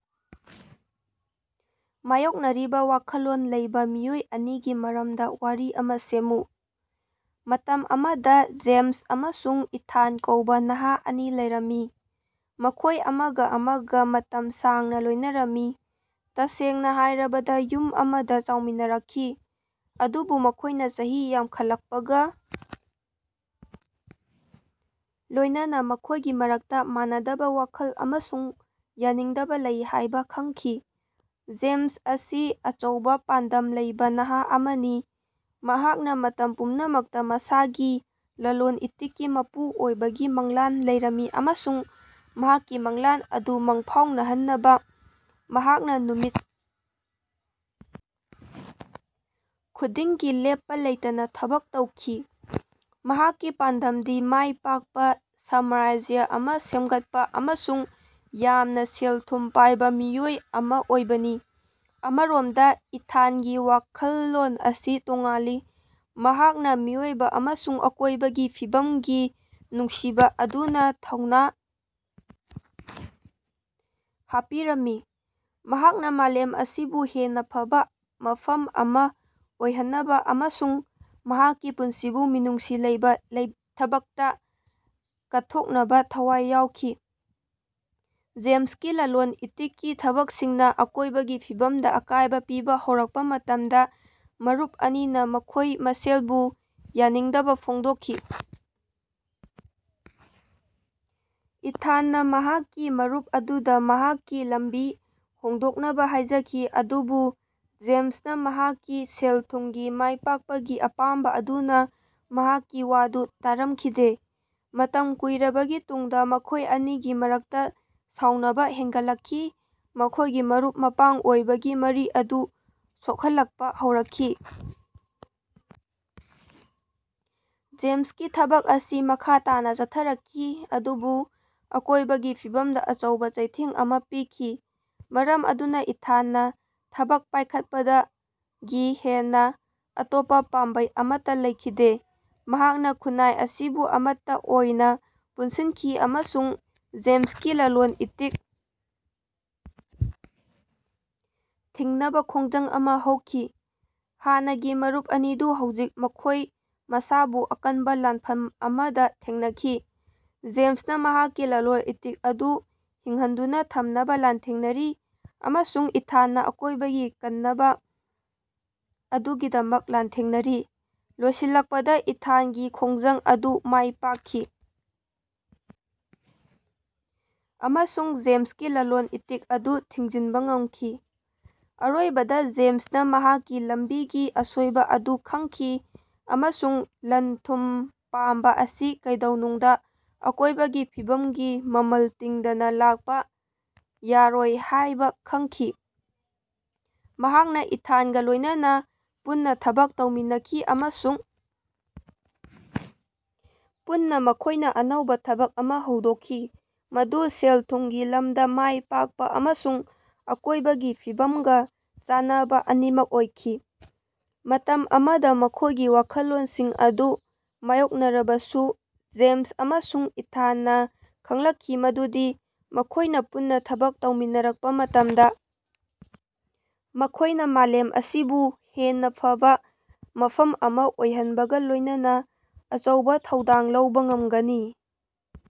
ꯃꯥꯌꯣꯛꯅꯔꯤꯕ ꯋꯥꯈꯜꯂꯣꯟ ꯂꯩꯕꯥ ꯃꯤꯑꯣꯏ ꯑꯅꯤꯒꯤ ꯃꯔꯝꯗ ꯋꯥꯔꯤ ꯑꯃ ꯁꯦꯝꯃꯨ꯫ ꯃꯇꯝ ꯑꯃꯗ ꯖꯦꯃꯁ ꯑꯃꯁꯨꯡ ꯏꯊꯥꯟ ꯀꯧꯕꯥ ꯅꯍꯥ ꯑꯅꯤ ꯂꯩꯔꯝꯃꯤ꯫ ꯃꯈꯣꯏ ꯑꯃꯒ ꯑꯃꯒ ꯃꯇꯝ ꯁꯥꯡꯅ ꯂꯣꯢꯅꯔꯝꯃꯤ ꯇꯁꯦꯡꯅ ꯍꯥꯏꯔꯕꯗ ꯌꯨꯝ ꯑꯃꯗ ꯆꯥꯎꯃꯤꯟꯅꯔꯛꯈꯤ꯫ ꯑꯗꯨꯕꯨ ꯃꯈꯣꯏꯅ ꯆꯍꯤ ꯌꯥꯝꯈꯠꯂꯛꯄꯒ ꯂꯣꯏꯅꯅꯥ ꯃꯈꯣꯏꯒꯤ ꯃꯔꯛꯇ ꯃꯥꯟꯅꯗꯕ ꯋꯥꯈꯜ ꯑꯃꯁꯨꯡ ꯌꯥꯅꯤꯡꯗꯕ ꯂꯩ ꯍꯥꯏꯕ ꯈꯪꯈꯤ꯫ ꯖꯦꯃꯁ ꯑꯁꯤ ꯑꯆꯧꯕꯥ ꯄꯥꯟꯗꯝ ꯂꯩꯕꯥ ꯅꯍꯥ ꯑꯃꯅꯤ꯫ ꯃꯍꯥꯛꯅ ꯃꯇꯝ ꯄꯨꯝꯅꯃꯛꯇ ꯃꯁꯥꯒꯤ ꯂꯂꯣꯟ-ꯏꯇꯤꯛꯀꯤ ꯃꯄꯨ ꯑꯣꯏꯕꯒꯤ ꯃꯪꯂꯥꯟ ꯂꯩꯔꯝꯃꯤ ꯑꯃꯁꯨꯡ ꯃꯍꯥꯛꯀꯤ ꯃꯪꯂꯥꯟ ꯑꯗꯨ ꯃꯪꯐꯥꯎꯅꯍꯟꯅꯕꯥ ꯃꯍꯥꯛꯅ ꯅꯨꯃꯤꯠ ꯈꯨꯗꯤꯡꯒꯤ ꯂꯦꯞꯄꯥ ꯂꯩꯇꯅꯥ ꯊꯕꯛ ꯇꯧꯈꯤ꯫ ꯃꯍꯥꯛꯀꯤ ꯄꯥꯟꯗꯝꯗꯤ ꯃꯥꯏ ꯄꯥꯛꯄ ꯁꯥꯃꯔꯥꯖ꯭ꯌ ꯑꯃ ꯁꯦꯝꯒꯠꯄꯥ ꯑꯃꯁꯨꯡ ꯌꯥꯝꯅ ꯁꯦꯜ ꯊꯨꯝ ꯄꯥꯏꯕ ꯃꯤꯑꯣꯏ ꯑꯃ ꯑꯣꯏꯕꯅꯤ꯫ ꯑꯃꯔꯣꯝꯗ ꯏꯊꯥꯟꯒꯤ ꯋꯥꯈꯜꯂꯣꯟ ꯑꯁꯤ ꯇꯣꯉꯥꯜꯂꯤ꯫ ꯃꯍꯥꯛꯅ ꯃꯤꯑꯣꯏꯕ ꯑꯃꯁꯨꯡ ꯑꯀꯣꯢꯕꯒꯤ ꯐꯤꯕꯝꯒꯤ ꯅꯨꯡꯁꯤꯕ ꯑꯗꯨꯅ ꯊꯧꯅꯥ ꯍꯥꯞꯄꯤꯔꯝꯃꯤ꯫ ꯃꯍꯥꯛꯅ ꯃꯥꯂꯦꯝ ꯑꯁꯤꯕꯨ ꯍꯦꯟꯅꯥ ꯐꯕꯥ ꯃꯐꯝ ꯑꯃ ꯑꯣꯏꯍꯟꯅꯕ ꯑꯃꯁꯨꯡ ꯃꯍꯥꯛꯀꯤ ꯄꯨꯟꯁꯤꯕꯨ ꯃꯤꯅꯨꯡꯁꯤ ꯂꯩꯕꯥ ꯊꯕꯛꯇꯥ ꯀꯠꯊꯣꯛꯅꯕꯥ ꯊꯋꯥꯏ ꯌꯥꯎꯈꯤ꯫ ꯖꯦꯃꯁꯀꯤ ꯂꯂꯣꯟ-ꯏꯇꯤꯛꯀꯤ ꯊꯕꯛꯁꯤꯡꯅ ꯑꯀꯣꯢꯕꯒꯤ ꯐꯤꯕꯝꯗ ꯑꯀꯥꯏꯕ ꯄꯤꯕꯥ ꯍꯧꯔꯛꯄꯥ ꯃꯇꯝꯗ ꯃꯔꯨꯞ ꯑꯅꯤꯅꯥ ꯃꯈꯣꯏ ꯃꯁꯦꯜꯕꯨ ꯌꯥꯅꯤꯡꯗꯕꯥ ꯐꯣꯡꯗꯣꯛꯈꯤ꯫ ꯏꯊꯥꯟꯅ ꯃꯍꯥꯛꯀꯤ ꯃꯔꯨꯞ ꯑꯗꯨꯗꯥ ꯃꯍꯥꯛꯀꯤ ꯂꯝꯕꯤ ꯍꯣꯡꯗꯣꯛꯅꯕꯥ ꯍꯥꯏꯖꯈꯤ ꯑꯗꯨꯕꯨ ꯖꯦꯃꯁꯅꯥ ꯃꯍꯥꯛꯀꯤ ꯁꯦꯜ-ꯊꯨꯝꯒꯤ ꯃꯥꯏꯄꯥꯛꯄꯒꯤ ꯑꯄꯥꯝꯕ ꯑꯗꯨꯅ ꯃꯍꯥꯛꯀꯤ ꯋꯥꯗꯨ ꯇꯥꯔꯝꯈꯤꯗꯦ꯫ ꯃꯇꯝ ꯀꯨꯏꯔꯕꯒꯤ ꯇꯨꯡꯗ ꯃꯈꯣꯏ ꯑꯅꯤꯒꯤ ꯃꯔꯛꯇ ꯁꯥꯎꯅꯕ ꯍꯦꯅꯒꯠꯂꯛꯈꯤ ꯃꯈꯣꯏꯒꯤ ꯃꯔꯨꯞ-ꯃꯄꯥꯡ ꯑꯣꯏꯕꯒꯤ ꯃꯔꯤ ꯑꯗꯨ ꯁꯣꯛꯍꯜꯂꯛꯄ ꯍꯧꯔꯛꯈꯤ꯫ ꯖꯦꯃꯁꯀꯤ ꯊꯕꯛ ꯑꯁꯤ ꯃꯈꯥ ꯇꯥꯅꯥ ꯆꯠꯊꯔꯛꯈꯤ ꯑꯗꯨꯕꯨ ꯑꯀꯣꯢꯕꯒꯤ ꯐꯤꯕꯝꯗ ꯑꯆꯧꯕ ꯆꯩꯊꯦꯡ ꯑꯃ ꯄꯤꯈꯤ ꯃꯔꯝ ꯑꯗꯨꯅ ꯏꯊꯥꯟ ꯅ ꯊꯕꯛ ꯄꯥꯢꯈꯠꯄꯗꯒꯤ ꯍꯦꯟꯅ ꯑꯇꯣꯞꯄ ꯄꯥꯝꯕꯩ ꯑꯃꯠꯇ ꯂꯩꯈꯤꯗꯦ꯫ ꯃꯍꯥꯛꯅ ꯈꯨꯟꯅꯥꯏ ꯑꯁꯤꯕꯨ ꯑꯃꯠꯇ ꯑꯣꯏꯅ ꯄꯨꯟꯁꯤꯟꯈꯤ ꯑꯃꯁꯨꯡ ꯖꯦꯃꯁꯀꯤ ꯂꯂꯣꯟ-ꯏꯇꯤꯛ ꯊꯤꯡꯅꯕꯥ ꯈꯣꯡꯖꯪ ꯑꯃꯥ ꯍꯧꯈꯤ꯫ ꯍꯥꯟꯅꯒꯤ ꯃꯔꯨꯞ ꯑꯅꯤꯗꯨ ꯍꯧꯖꯤꯛ ꯃꯈꯣꯢ ꯃꯁꯥꯕꯨ ꯑꯀꯟꯕꯥ ꯂꯥꯟꯐꯝ ꯑꯃꯗ ꯊꯦꯡꯅꯈꯤ꯫ ꯖꯦꯃꯁꯅ ꯃꯍꯥꯛꯀꯤ ꯂꯂꯣꯟ-ꯏꯇꯤꯛ ꯑꯗꯨ ꯍꯤꯡꯍꯟꯗꯨꯅ ꯊꯝꯅꯕ ꯂꯥꯟꯊꯦꯡꯅꯔꯤ ꯑꯃꯁꯨꯡ ꯏꯊꯥꯟꯅ ꯑꯀꯣꯏꯕꯒꯤ ꯀꯟꯅꯕ ꯑꯗꯨꯒꯤꯗꯃꯛ ꯂꯥꯟꯊꯦꯡꯅꯔꯤ꯫ ꯂꯣꯏꯁꯤꯜꯂꯛꯄꯗ ꯏꯊꯥꯟꯒꯤ ꯈꯣꯡꯖꯪ ꯑꯗꯨ ꯃꯥꯢ ꯄꯥꯛꯈꯤ ꯑꯃꯁꯨꯡ ꯖꯦꯃꯁꯀꯤ ꯂꯂꯣꯟ-ꯏꯇꯤꯛ ꯑꯗꯨ ꯊꯤꯡꯖꯤꯟꯕ ꯉꯝꯈꯤ꯫ ꯑꯔꯣꯏꯕꯗ ꯖꯦꯃꯁꯅꯥ ꯃꯍꯥꯛꯀꯤ ꯂꯝꯕꯤꯒꯤ ꯑꯁꯣꯢꯕ ꯑꯗꯨ ꯈꯡꯈꯤ ꯑꯃꯁꯨꯡ ꯂꯟ-ꯊꯨꯝ ꯄꯥꯝꯕ ꯑꯁꯤ ꯀꯩꯗꯧꯅꯨꯡꯗꯥ ꯑꯀꯣꯢꯕꯒꯤ ꯐꯤꯕꯝꯒꯤ ꯃꯃꯜ ꯇꯤꯡꯗꯅꯥ ꯂꯥꯛꯄ ꯌꯥꯔꯣꯏ ꯍꯥꯢꯕ ꯈꯡꯈꯤ꯫ ꯃꯍꯥꯛꯅ ꯏꯊꯥꯟꯒ ꯂꯣꯢꯅꯅꯥ ꯄꯨꯟꯅ ꯊꯕꯛ ꯇꯧꯃꯤꯟꯅꯈꯤ ꯑꯃꯁꯨꯡ ꯄꯨꯟꯅ ꯃꯈꯣꯢꯅ ꯑꯅꯧꯕꯥ ꯊꯕꯛ ꯑꯃ ꯍꯧꯗꯣꯛꯈꯤ ꯃꯗꯨ ꯁꯦꯜ-ꯊꯨꯝꯒꯤ ꯂꯝꯗ ꯃꯥꯢ ꯄꯥꯛꯄ ꯑꯃꯁꯨꯡ ꯑꯀꯣꯢꯕꯒꯤ ꯐꯤꯕꯝꯒ ꯆꯥꯟꯅꯕ ꯑꯅꯤꯃꯛ ꯑꯣꯏꯈꯤ꯫ ꯃꯇꯝ ꯑꯃꯗ ꯃꯈꯣꯢꯒꯤ ꯋꯥꯈꯜꯂꯣꯟꯁꯤꯡ ꯑꯗꯨ ꯃꯥꯌꯣꯛꯅꯔꯕꯁꯨ ꯖꯦꯃꯁ ꯑꯃꯁꯨꯡ ꯏꯊꯥꯟꯅ ꯈꯡꯂꯛꯈꯤ ꯃꯗꯨꯗꯤ ꯃꯈꯣꯢꯅ ꯄꯨꯟꯅ ꯊꯕꯛ ꯇꯧꯃꯤꯟꯅꯔꯛꯄ ꯃꯇꯝꯗ ꯃꯈꯣꯢꯅ ꯃꯥꯂꯦꯝ ꯑꯁꯤꯕꯨ ꯍꯦꯟꯅꯥ ꯐꯕꯥ ꯃꯐꯝ ꯑꯃ ꯑꯣꯏꯍꯟꯕꯒ ꯂꯣꯢꯅꯅꯥ ꯑꯆꯧꯕ ꯊꯧꯗꯥꯡ ꯂꯧꯕ ꯉꯝꯒꯅꯤ꯫